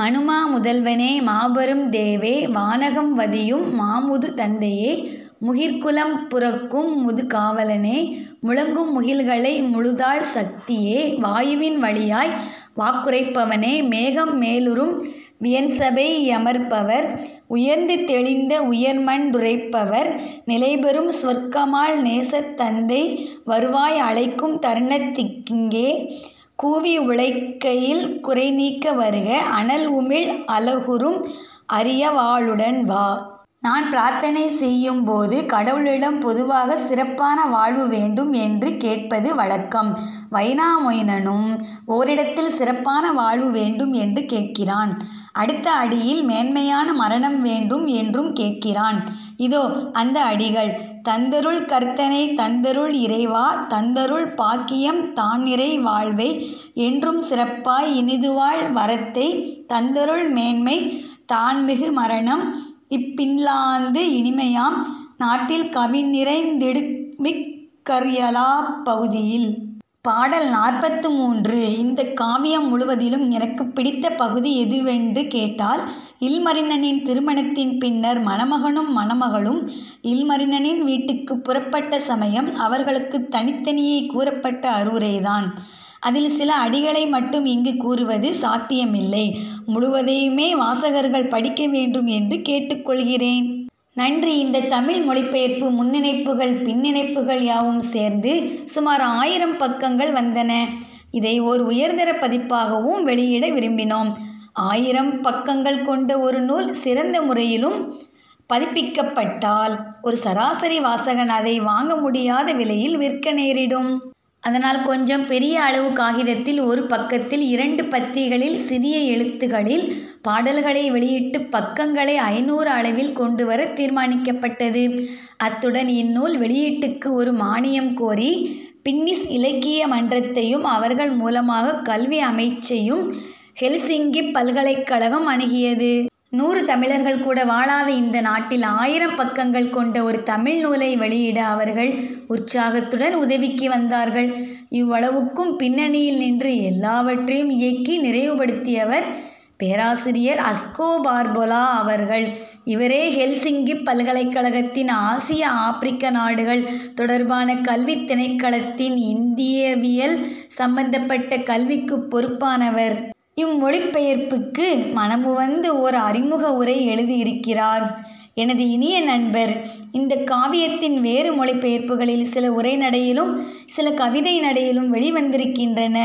மனுமா முதல்வனே மாபெரும் தேவே வானகம் வதியும் மாமுது தந்தையே முகிற்குலம் புரக்கும் முதுகாவலனே முழங்கும் முகில்களை முழுதாள் சக்தியே வாயுவின் வழியாய் வாக்குரைப்பவனே மேகம் மேலுறும் வியன்சபை யமர்பவர் உயர்ந்து தெளிந்த உயர்மன் றுறைபவர் நிலைபெறும் சுவர்க்கமாள் நேசத்தந்தை வருவாய் அழைக்கும் தருணத் திங்கே கூவி உழைக்கையில் குறைநீக்க வருக அனல்உமிழ் அலகுறும் அரியவா ளுடன்வா. நாம் பிரார்த்தனை செய்யும்போது கடவுளிடம் பொதுவாகச் சிறப்பான வாழ்வு வேண்டும் என்று கேட்பது வழக்கம். வைனாமொயினனும் ஓரிடத்தில் சிறப்பான வாழ்வு வேண்டும் என்று கேட்கிறான் அடுத்த அடியில் மேன்மையான மரணம் வேண்டும் என்றும் கேட்கிறான். இதோ அந்த அடிகள்: தந்தருள் கர்த்தனே தந்தருள் இறைவா தந்தருள் பாக்கியம் தான்நிறை வாழ்வை என்றும் சிறப்பாய் இனிதுவாழ் வரத்தை தந்தருள் மேன்மை தான்மிகு மரணம் இப்பின்லாந்து இனிமையாம் நாட்டில் கவின்நிறைந் திடுமிக் கர்யலாப் பகுதியில். பாடல் நாற்பத்து மூன்று. இந்தக் காவியம் முழுவதிலும் எனக்குப் பிடித்த பகுதி எதுவென்று கேட்டால் இல்மரினனின் திருமணத்தின் பின்னர் மணமகனும் மணமகளும் இல்மரினனின் வீட்டுக்குப் புறப்பட்ட சமயம் அவர்களுக்குத் தனித்தனியே கூறப்பட்ட அறிவுரை தான். அதில் சில அடிகளை மட்டும் இங்கு கூறுவது சாத்தியமில்லை முழுவதையுமே வாசகர்கள் படிக்க வேண்டும் என்று கேட்டுக் கொள்கிறேன். நன்றி இந்தத் தமிழ் மொழிபெயர்ப்பு முன்னிணைப்புகள் பின்னிணைப்புகள் யாவும் சேர்ந்து சுமார் ஆயிரம் பக்கங்கள் வந்தன. இதை ஓர் உயர்தர பதிப்பாகவும் வெளியிட விரும்பினோம். ஆயிரம் பக்கங்கள் கொண்ட ஒரு நூல் சிறந்த முறையிலும் பதிப்பிக்கப்பட்டால் ஒரு சராசரி வாசகன் அதை வாங்க முடியாத விலையில் விற்க நேரிடும். அதனால் கொஞ்சம் பெரிய அளவு காகிதத்தில் ஒரு பக்கத்தில் இரண்டு பத்திகளில் சிறிய எழுத்துகளில் பாடல்களை வெளியிட்டுப் பக்கங்களை ஐநூறு அளவில் கொண்டுவரத் தீர்மானிக்கப்பட்டது. அத்துடன் இந்நூல் வெளியீட்டுக்கு ஒரு மானியம் கோரி பின்னிஷ் இலக்கிய மன்றத்தையும் அவர்கள் மூலமாகக் கல்வி அமைச்சையும் ஹெல்சிங்கிப் பல்கலைக்கழகம் அணுகியது. நூறு தமிழர்கள் கூட வாழாத இந்த நாட்டில் ஆயிரம் பக்கங்கள் கொண்ட ஒரு தமிழ் நூலை வெளியிட அவர்கள் உற்சாகத்துடன் உதவிக்கு வந்தார்கள். இவ்வளவுக்கும் பின்னணியில் நின்று எல்லாவற்றையும் இயக்கி நிறைவு படுத்தியவர் பேராசிரியர் அஸ்கோ பார்பொலா அவர்கள். இவரே ஹெல்சிங்கிப் பல்கலைக்கழகத்தின் ஆசிய ஆபிரிக்க நாடுகள் தொடர்பான கல்வித் திணைக்களத்தின் இந்தியவியல் சம்பந்தப்பட்ட கல்விக்குப் பொறுப்பானவர். இம்மொழிபெயர்ப்புக்கு மனமுவந்து ஓர் அறிமுக உரை எழுதியிருக்கிறார். எனது இனிய நண்பர். இந்தக் காவியத்தின் வேறு மொழிபெயர்ப்புகளில் சில உரைநடையிலும் சில கவிதை நடையிலும் வெளிவந்திருக்கின்றன.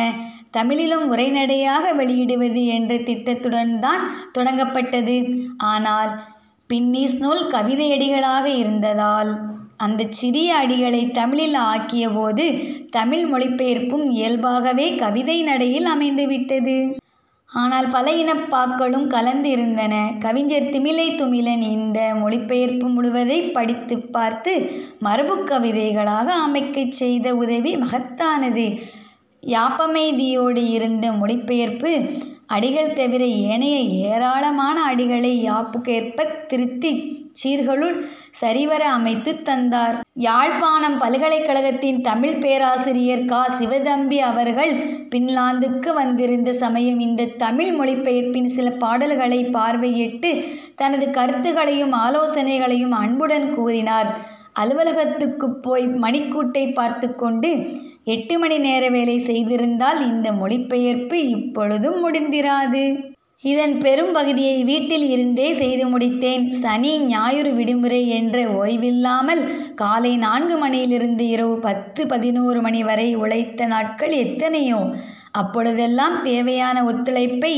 தமிழிலும் உரைநடையாக வெளியிடுவது என்ற திட்டத்துடன்தான் தொடங்கப்பட்டது. ஆனால் பின்னிஷ் நூல் கவிதையடிகளாக இருந்ததால் அந்தச் சிறிய அடிகளைத் தமிழில் ஆக்கியபோது தமிழ் மொழிபெயர்ப்பும் இயல்பாகவே கவிதைநடையில் அமைந்துவிட்டது. ஆனால் பல இனப் பாக்களும் கலந்து இருந்தன. கவிஞர் திமிலைத்துமிலன் இந்த மொழிபெயர்ப்பு முழுவதைப் படித்துப் பார்த்து மரபுக் கவிதைகளாக அமைக்கச் செய்த உதவி மகத்தானது. யாப்பமைதியோடு இருந்த மொழிபெயர்ப்பு அடிகள் தவிர ஏனைய ஏராளமான அடிகளை யாப்புக்கேற்பத் திருத்திச் சீர்களுள் சரிவர அமைத்துத் தந்தார். யாழ்ப்பாணம் பல்கலைக்கழகத்தின் தமிழ்ப் பேராசிரியர் கா. சிவத்தம்பி அவர்கள் பின்லாந்துக்கு வந்திருந்த சமயம் இந்தத் தமிழ் மொழிபெயர்ப்பின் சில பாடல்களைப் பார்வையிட்டுத் தனது கருத்துகளையும் ஆலோசனைகளையும் அன்புடன் கூறினார். அலுவலகத்துக்குப் போய் மணிக்கூட்டைப் பார்த்துக்கொண்டு எட்டு மணி நேர வேலை செய்திருந்தால் இந்த மொழிபெயர்ப்பு இப்பொழுதும் முடிந்திராது. இதன் பெரும் பகுதியை வீட்டில் இருந்தே செய்து முடித்தேன். சனி ஞாயிறு விடுமுறை என்ற ஓய்வில்லாமல் காலை நான்கு மணியிலிருந்து இரவு பத்து பதினொரு மணிவரை உழைத்த நாட்கள் எத்தனையோ. அப்பொழுதெல்லாம் தேவையான ஒத்துழைப்பை